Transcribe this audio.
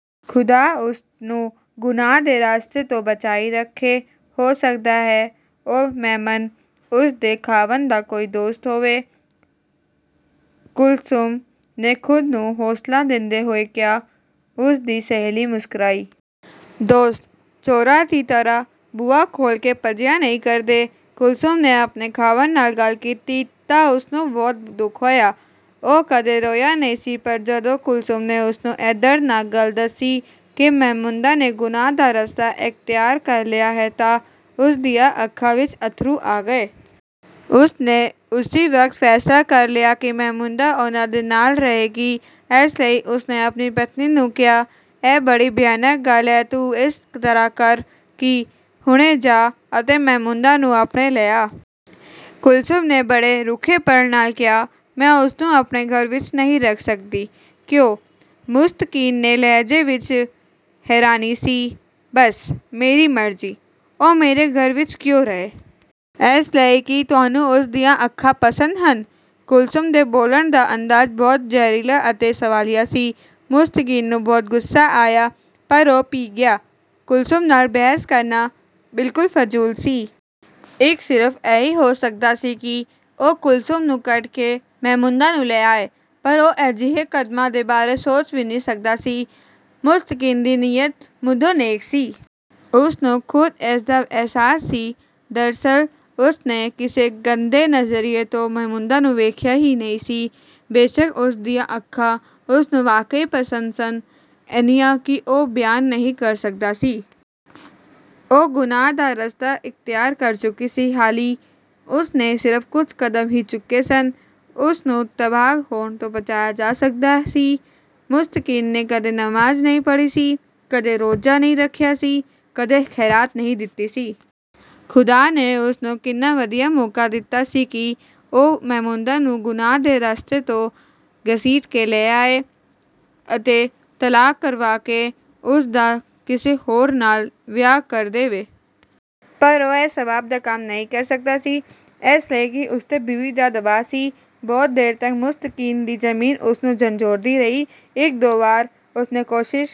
ਖ਼ੁਦਾ ਉਸ ਨੂੰ ਗੁਨਾਹ ਦੇ ਰਸਤੇ ਤੋਂ ਬਚਾਈ ਰੱਖੇ। ਹੋ ਸਕਦਾ ਹੈ ਉਹ ਮੈਮਨ ਉਸ ਦੇ ਖ਼ਾਵੰਦ ਦਾ ਕੋਈ ਦੋਸਤ ਹੋਵੇ। "ਕੁਲਸੁਮ ਨੇ ਖ਼ੁਦ ਨੂੰ ਹੌਸਲਾ ਦਿੰਦੇ ਹੋਏ ਕਿਹਾ। ਉਸ ਦੀ ਸਹੇਲੀ ਮੁਸਕੁਰਾਈ। "ਦੋਸਤ, ਚੋਰਾਂ ਦੀ ਤਰ੍ਹਾਂ ਬੂਹਾ ਖੋਲ੍ਹ ਕੇ ਭੱਜਿਆ ਨਹੀਂ ਕਰਦੇ। "ਕੁਲਸੁਮ ਨੇ ਆਪਣੇ ਖ਼ਾਵੰਦ ਨਾਲ ਗੱਲ ਕੀਤੀ ਤਾਂ ਉਸਨੂੰ ਬਹੁਤ ਦੁੱਖ ਹੋਇਆ। ਉਹ ਕਦੇ ਰੋਇਆ ਨਹੀਂ ਸੀ ਪਰ ਜਦੋਂ ਕੁਲਸੁਮ ਨੇ ਉਸਨੂੰ ਇਹ ਦਰਦਨਾਕ ਗੱਲ ਦੱਸੀ ਕਿ ਮਹਿਮੂਦਾ ਨੇ ਗੁਨਾਹ ਦਾ ਰਸਤਾ ਇਖ਼ਤਿਆਰ ਕਰ ਲਿਆ ਹੈ ਤਾਂ ਉਸ ਦੀਆਂ ਅੱਖਾਂ ਵਿੱਚ ਅੱਥਰੂ ਆ ਗਏ। ਉਸ ਨੇ ਉਸੀ ਵਕਤ ਫੈਸਲਾ ਕਰ ਲਿਆ ਕਿ ਮਹਿਮੂਦਾ ਉਨ੍ਹਾਂ ਦੇ ਨਾਲ ਰਹੇਗੀ, ਇਸ ਲਈ ਉਸ ਨੇ ਆਪਣੀ ਪਤਨੀ ਨੂੰ ਕਿਹਾ। "ਇਹ ਬੜੀ ਭਿਅੰਕਰ ਗੱਲ ਹੈ। ਤੂੰ ਇਸ ਤਰ੍ਹਾਂ ਕਰ ਕਿ ਹੁਣੇ ਜਾ ਅਤੇ ਮਹਿਮੂਦਾ ਨੂੰ ਆਪਣੇ ਲੈ ਆ! " ਕੁਲਸੁਮ ਨੇ ਬੜੇ ਰੁੱਖੇਪਣ ਨਾਲ ਕਿਹਾ "ਮੈਂ ਉਸਨੂੰ ਆਪਣੇ ਘਰ ਵਿੱਚ ਨਹੀਂ ਰੱਖ ਸਕਦੀ। " "ਕਿਉਂ? " ਮੁਸਤਕੀਮ ਦੇ ਲਹਿਜੇ ਵਿੱਚ ਹੈਰਾਨੀ ਸੀ। "ਬਸ, ਮੇਰੀ ਮਰਜ਼ੀ। ਉਹ ਮੇਰੇ ਘਰ ਵਿੱਚ ਕਿਉਂ ਰਹੇ? ਇਸ ਲਈ ਕਿ ਤੁਹਾਨੂੰ ਉਸ ਦੀਆਂ ਅੱਖਾਂ ਪਸੰਦ ਹਨ? " ਕੁਲਸੁਮ ਦੇ ਬੋਲਣ ਦਾ ਅੰਦਾਜ਼ ਬਹੁਤ ਜ਼ਹਿਰੀਲਾ ਅਤੇ ਸਵਾਲੀਆ ਸੀ। ਮੁਸਤਕੀਮ ਨੂੰ ਬਹੁਤ ਗੁੱਸਾ ਆਇਆ, ਪਰ ਉਹ ਪੀ ਗਿਆ। ਕੁਲਸੁਮ ਨਾਲ ਬਹਿਸ ਕਰਨਾ ਬਿਲਕੁਲ ਫ਼ਜ਼ੂਲ ਸੀ। ਇੱਕ ਸਿਰਫ਼ ਇਹੀ ਹੋ ਸਕਦਾ ਸੀ ਕਿ ਉਹ ਕੁਲਸੁਮ ਨੂੰ ਕੱਢ ਕੇ ਮਹਿਮੂਦਾ ਨੂੰ ਲੈ ਆਏ। ਪਰ ਉਹ ਅਜਿਹੇ ਕਦਮਾਂ ਦੇ ਬਾਰੇ ਸੋਚ ਹੀ ਨਹੀਂ ਸਕਦਾ ਸੀ। ਮੁਸਤਕੀਮ ਦੀ ਨੀਅਤ ਮੁਢੋਂ ਨੇਕ ਸੀ। ਉਸ ਨੂੰ ਖ਼ੁਦ ਇਸ ਦਾ ਅਹਿਸਾਸ ਸੀ। ਦਰਅਸਲ ਉਸ ਨੇ ਕਿਸੇ ਗੰਦੇ ਨਜ਼ਰੀਏ ਤੋਂ ਮਹਿਮੂਦਾ ਨੂੰ ਵੇਖਿਆ ਹੀ ਨਹੀਂ ਸੀ। ਬੇਸ਼ਕ ਉਸ ਦੀਆਂ ਅੱਖਾਂ ਉਸ ਨੂੰ ਵਾਕਈ ਪਸੰਦ ਸਨ, ਇੰਨੀਆਂ ਕਿ ਉਹ ਬਿਆਨ ਨਹੀਂ ਕਰ ਸਕਦਾ ਸੀ। ਉਹ ਗੁਨਾਹ ਦਾ ਰਸਤਾ ਇਖ਼ਤਿਆਰ ਕਰ ਚੁੱਕੀ ਸੀ। ਹਾਲੀਂ ਉਸ ਨੇ ਸਿਰਫ ਕੁਝ ਕਦਮ ਹੀ ਚੁੱਕੇ ਸਨ। ਉਸ ਨੂੰ ਤਬਾਹ ਹੋਣ ਤੋਂ ਬਚਾਇਆ ਜਾ ਸਕਦਾ ਸੀ। ਮੁਸਤਕੀਮ ਨੇ ਕਦੇ ਨਮਾਜ਼ ਨਹੀਂ ਪੜ੍ਹੀ ਸੀ, ਕਦੇ ਰੋਜ਼ਾ ਨਹੀਂ ਰੱਖਿਆ ਸੀ, ਕਦੇ ਖ਼ੈਰਾਤ ਨਹੀਂ ਦਿੱਤੀ ਸੀ। ਖ਼ੁਦਾ ਨੇ ਉਸ ਨੂੰ ਕਿੰਨਾ ਵਧੀਆ ਮੌਕਾ ਦਿੱਤਾ ਸੀ ਕਿ ਉਹ ਮਹਿਮੂਦਾ ਨੂੰ ਗੁਨਾਹ ਦੇ ਰਸਤੇ ਤੋਂ ਘਸੀਟ ਕੇ ਲੈ ਆਏ ਅਤੇ ਤਲਾਕ ਕਰਵਾ ਕੇ ਉਸ ਦਾ ਕਿਸੇ ਹੋਰ ਨਾਲ ਵਿਆਹ ਕਰ ਦੇਵੇ। ਪਰ ਉਹ ਇਹ ਸਵਾਬ ਦਾ ਕੰਮ ਨਹੀਂ ਕਰ ਸਕਦਾ ਸੀ। ਇਸ ਲਈ ਕਿ ਉਸਤੇ ਬੀਵੀ ਦਾ ਦਬਾਅ ਸੀ। ਬਹੁਤ ਦੇਰ ਤੱਕ ਮੁਸਤਕੀਮ ਦੀ ਜ਼ਮੀਰ ਉਸ ਨੂੰ ਝੰਜੋੜਦੀ ਰਹੀ। ਇੱਕ ਦੋ ਵਾਰ ਉਸ ਨੇ ਕੋਸ਼ਿਸ਼